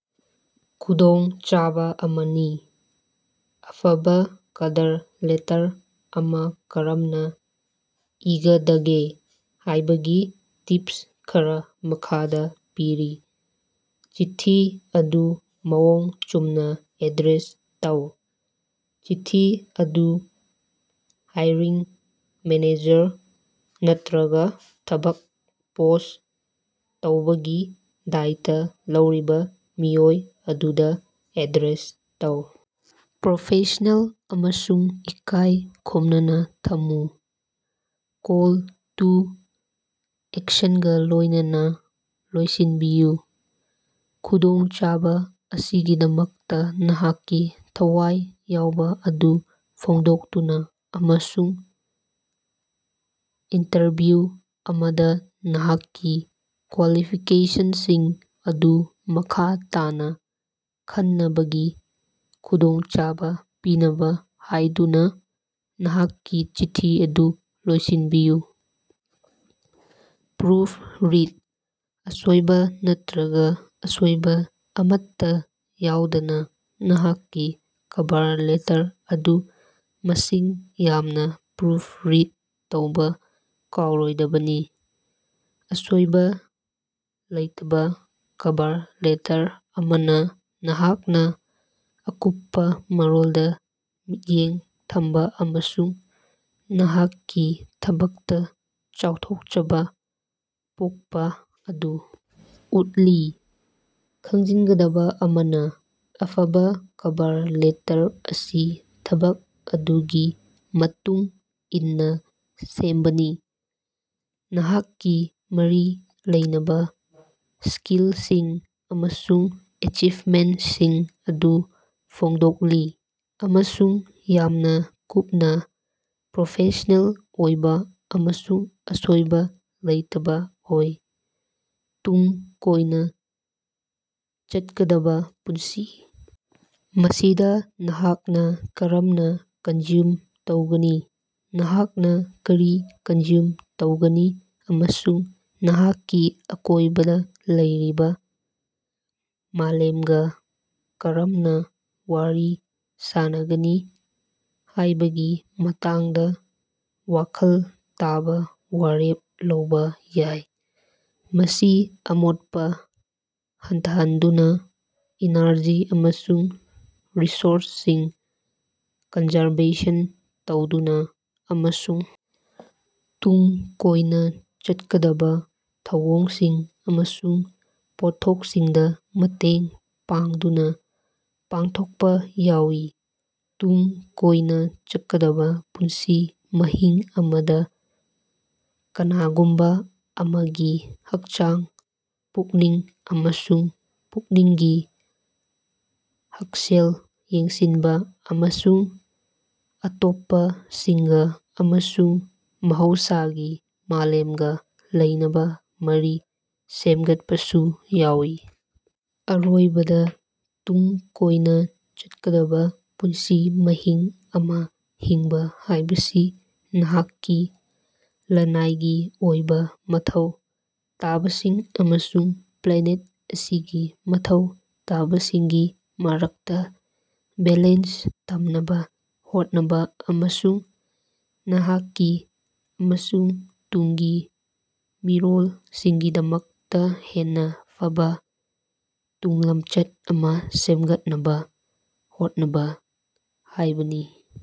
ꯈꯨꯗꯣꯡꯆꯥꯕꯥ ꯑꯃꯅꯤ꯫ ꯑꯐꯕꯥ ꯀꯚꯔ ꯂꯦꯇꯔ ꯑꯃꯥ ꯀꯔꯝꯅꯥ ꯏꯒꯗꯒꯦ ꯍꯥꯏꯕꯒꯤ ꯇꯤꯞꯁ ꯈꯔꯥ ꯃꯈꯥꯗꯥ ꯄꯤꯔꯤ: ꯆꯤꯊꯤ ꯑꯗꯨ ꯃꯑꯣꯡ ꯆꯨꯝꯅꯥ ꯑꯦꯗ꯭ꯔꯦꯁ ꯇꯧ: ꯆꯤꯊꯤ ꯑꯗꯨ ꯍꯥꯏꯔꯤꯡ ꯃꯦꯅꯦꯖꯔ ꯅꯠꯇ꯭ꯔꯒꯥ ꯊꯕꯛ ꯄꯣꯁ ꯇꯧꯕꯒꯤ ꯗꯥꯏꯇꯥ ꯂꯧꯔꯤꯕꯥ ꯃꯤꯑꯣꯏ ꯑꯗꯨꯗꯥ ꯑꯦꯗ꯭ꯔꯦꯁ ꯇꯧ꯫ ꯄ꯭ꯔꯣꯐꯦꯁꯅꯦꯜ ꯑꯃꯁꯨꯡ ꯏꯀꯥꯏ ꯈꯨꯝꯅꯅꯥ ꯊꯝꯃꯨ꯫ ꯀꯣꯜ ꯇꯨ ꯑꯦꯛꯁꯟꯒꯥ ꯂꯣꯏꯅꯅꯥ ꯂꯣꯏꯁꯤꯟꯕꯤꯌꯨ: ꯈꯨꯗꯣꯡꯆꯕ ꯑꯁꯤꯒꯤꯗꯃꯛꯇꯥ ꯅꯍꯥꯛꯀꯤ ꯊꯋꯥꯏ ꯌꯥꯎꯕꯥ ꯑꯗꯨ ꯐꯣꯡꯗꯣꯛꯇꯨꯅꯥ ꯑꯃꯁꯨꯡ ꯏꯟꯇꯔꯚ꯭ꯌꯨ ꯑꯃꯗꯥ ꯅꯍꯥꯛꯀꯤ ꯀ꯭ꯋꯥꯂꯤꯐꯤꯀꯦꯁꯟꯁꯤꯡ ꯑꯗꯨ ꯃꯈꯥ ꯇꯥꯅꯥ ꯈꯟꯅꯕꯒꯤ ꯈꯨꯗꯣꯡꯆꯕ ꯄꯤꯅꯕꯥ ꯍꯥꯏꯗꯨꯅꯥ ꯅꯍꯥꯛꯀꯤ ꯆꯤꯊꯤ ꯑꯗꯨ ꯂꯣꯏꯁꯤꯟꯕꯤꯌꯨ꯫ ꯄ꯭ꯔꯨꯐ ꯔꯤ: ꯑꯁꯣꯏꯕꯥ ꯅꯠꯇ꯭ꯔꯒꯥ ꯑꯁꯣꯏꯕꯥ ꯑꯃꯠꯇꯥ ꯌꯥꯎꯗꯅꯥ ꯅꯍꯥꯛꯀꯤ ꯀꯚꯔ ꯂꯦꯇꯔ ꯑꯗꯨ ꯃꯁꯤꯡ ꯌꯥꯝꯅ ꯄ꯭ꯔꯨꯐ ꯔꯤꯗ ꯇꯧꯕꯥ ꯀꯥꯎꯔꯣꯏꯗꯕꯅꯤ꯫ ꯑꯁꯣꯏꯕ ꯂꯩꯇꯕ ꯀꯚꯔ ꯂꯦꯇꯔ ꯑꯃꯅ ꯅꯍꯥꯛꯅ ꯑꯀꯨꯞꯄꯥ ꯃꯔꯣꯜꯗ ꯃꯤꯠꯌꯦꯡ ꯊꯝꯕꯥ ꯑꯃꯁꯨꯡ ꯅꯍꯥꯛꯀꯤ ꯊꯕꯛꯇꯥ ꯆꯥꯎꯊꯣꯛꯆꯕ ꯄꯣꯛꯄꯥ ꯑꯗꯨ ꯎꯠꯂꯤ꯫ ꯈꯪꯖꯤꯟꯒꯗꯕꯥ ꯑꯃꯅꯥ, ꯑꯐꯕꯥ ꯀꯚꯔ ꯂꯦꯇꯔ ꯑꯁꯤ ꯊꯕꯛ ꯑꯗꯨꯒꯤ ꯃꯇꯨꯡ ꯏꯟꯅꯥ ꯁꯦꯝꯕꯅꯤ, ꯅꯍꯥꯛꯀꯤ ꯃꯔꯤ ꯂꯩꯅꯕꯥ ꯁ꯭ꯀꯤꯜꯁꯤꯡ ꯑꯃꯁꯨꯡ ꯑꯦꯆꯤꯕꯃꯦꯟꯇꯁꯤꯡ ꯑꯗꯨ ꯐꯣꯡꯗꯣꯛꯂꯤ ꯑꯃꯁꯨꯡ ꯌꯥꯝꯅꯥ ꯀꯨꯞꯄꯥ, ꯄ꯭ꯔꯣꯐꯦꯁꯅꯦꯜ ꯑꯣꯏꯕ ꯑꯃꯁꯨꯡ ꯑꯁꯣꯏꯕꯥ ꯂꯩꯇꯕꯥ ꯑꯣꯏ꯫ ꯇꯨꯡ ꯀꯣꯏꯅꯥ ꯆꯠꯀꯗꯕꯥ ꯄꯨꯟꯁꯤ ꯃꯁꯤꯗꯥ ꯅꯍꯥꯛꯅꯥ ꯀꯔꯝꯅꯥ ꯀꯟꯖ꯭ꯌꯨꯝ ꯇꯧꯒꯅꯤ, ꯅꯍꯥꯛꯅꯥ ꯀꯔꯤ ꯀꯟꯖ꯭ꯌꯨꯝ ꯇꯧꯒꯅꯤ ꯑꯃꯁꯨꯡ ꯅꯍꯥꯛꯀꯤ ꯑꯀꯣꯏꯕꯗ ꯂꯩꯔꯤꯕꯥ ꯃꯥꯂꯦꯝꯒꯥ ꯀꯔꯝꯅꯥ ꯋꯥꯔꯤ ꯁꯥꯅꯒꯅꯤ ꯍꯥꯏꯕꯒꯤ ꯃꯇꯥꯡꯗ ꯋꯥꯈꯜ ꯇꯕꯥ ꯋꯥꯔꯦꯞ ꯂꯧꯕꯥ ꯌꯥꯏ꯫ ꯃꯁꯤ ꯑꯃꯣꯠꯄꯥ ꯍꯟꯊꯍꯟꯗꯨꯅꯥ, ꯏꯅꯔꯖꯤ ꯑꯃꯁꯨꯡ ꯔꯤꯁꯣꯔꯁꯁꯤꯡ ꯀꯟꯖꯔꯕꯦꯁꯟ ꯇꯧꯗꯨꯅꯥ ꯑꯃꯁꯨꯡ ꯇꯨꯡ ꯀꯣꯏꯅꯥ ꯆꯠꯀꯗꯕꯥ ꯊꯧꯑꯣꯡꯁꯤꯡ ꯑꯃꯁꯨꯡ ꯄꯣꯠꯊꯣꯛꯁꯤꯡꯗꯥ ꯃꯇꯦꯡ ꯄꯥꯡꯗꯨꯅꯥ ꯄꯥꯡꯊꯣꯛꯄꯥ ꯌꯥꯎꯏ꯫ ꯇꯨꯡ ꯀꯣꯏꯅꯥ ꯆꯠꯀꯗꯕꯥ ꯄꯨꯟꯁꯤ ꯃꯍꯤꯡ ꯑꯃꯗꯥ ꯀꯅꯥꯒꯨꯝꯕꯥ ꯑꯃꯒꯤ ꯍꯛꯆꯥꯡ, ꯄꯨꯛꯅꯤꯡ ꯑꯃꯁꯨꯡ ꯄꯨꯛꯅꯤꯡꯒꯤ ꯍꯛꯁꯦꯜ ꯌꯦꯡꯁꯤꯟꯕꯥ ꯑꯃꯁꯨꯡ ꯑꯇꯣꯞꯄꯁꯤꯡꯒꯥ ꯑꯃꯁꯨꯡ ꯃꯍꯧꯁꯥꯒꯤ ꯃꯥꯂꯦꯝꯒꯥ ꯂꯩꯅꯕꯥ ꯃꯔꯤ ꯁꯦꯝꯒꯠꯄꯁꯨ ꯌꯥꯎꯏ꯫ ꯑꯔꯣꯏꯕꯗꯥ, ꯇꯨꯡ ꯀꯣꯏꯅꯥ ꯆꯠꯀꯗꯕꯥ ꯄꯨꯟꯁꯤ ꯃꯍꯤꯡ ꯑꯃꯥ ꯍꯤꯡꯕꯥ ꯍꯥꯏꯕꯁꯤ ꯅꯍꯥꯛꯀꯤ ꯂꯅꯥꯏꯒꯤ ꯑꯣꯏꯕꯥ ꯃꯊꯧ ꯇꯥꯕꯁꯤꯡ ꯑꯃꯁꯨꯡ ꯄ꯭ꯂꯥꯅꯦꯠ ꯑꯁꯤꯒꯤ ꯃꯊꯧ ꯇꯥꯕꯁꯤꯡꯒꯤ ꯃꯔꯛꯇꯥ ꯕꯦꯂꯦꯟꯁ ꯊꯝꯅꯕꯥ ꯍꯣꯠꯅꯕꯥ, ꯑꯃꯁꯨꯡ ꯅꯍꯥꯛꯀꯤ ꯑꯃꯁꯨꯡ ꯇꯨꯡꯒꯤ ꯃꯤꯔꯣꯜ ꯁꯤꯡꯒꯤꯗꯃꯛꯇꯥ ꯍꯦꯟꯅꯥ ꯐꯕꯥ ꯇꯨꯡꯂꯝꯆꯠ ꯑꯃꯥ ꯁꯦꯃꯒꯠꯅꯕꯥ ꯍꯣꯠꯅꯕꯥ ꯍꯥꯏꯕꯅꯤ꯫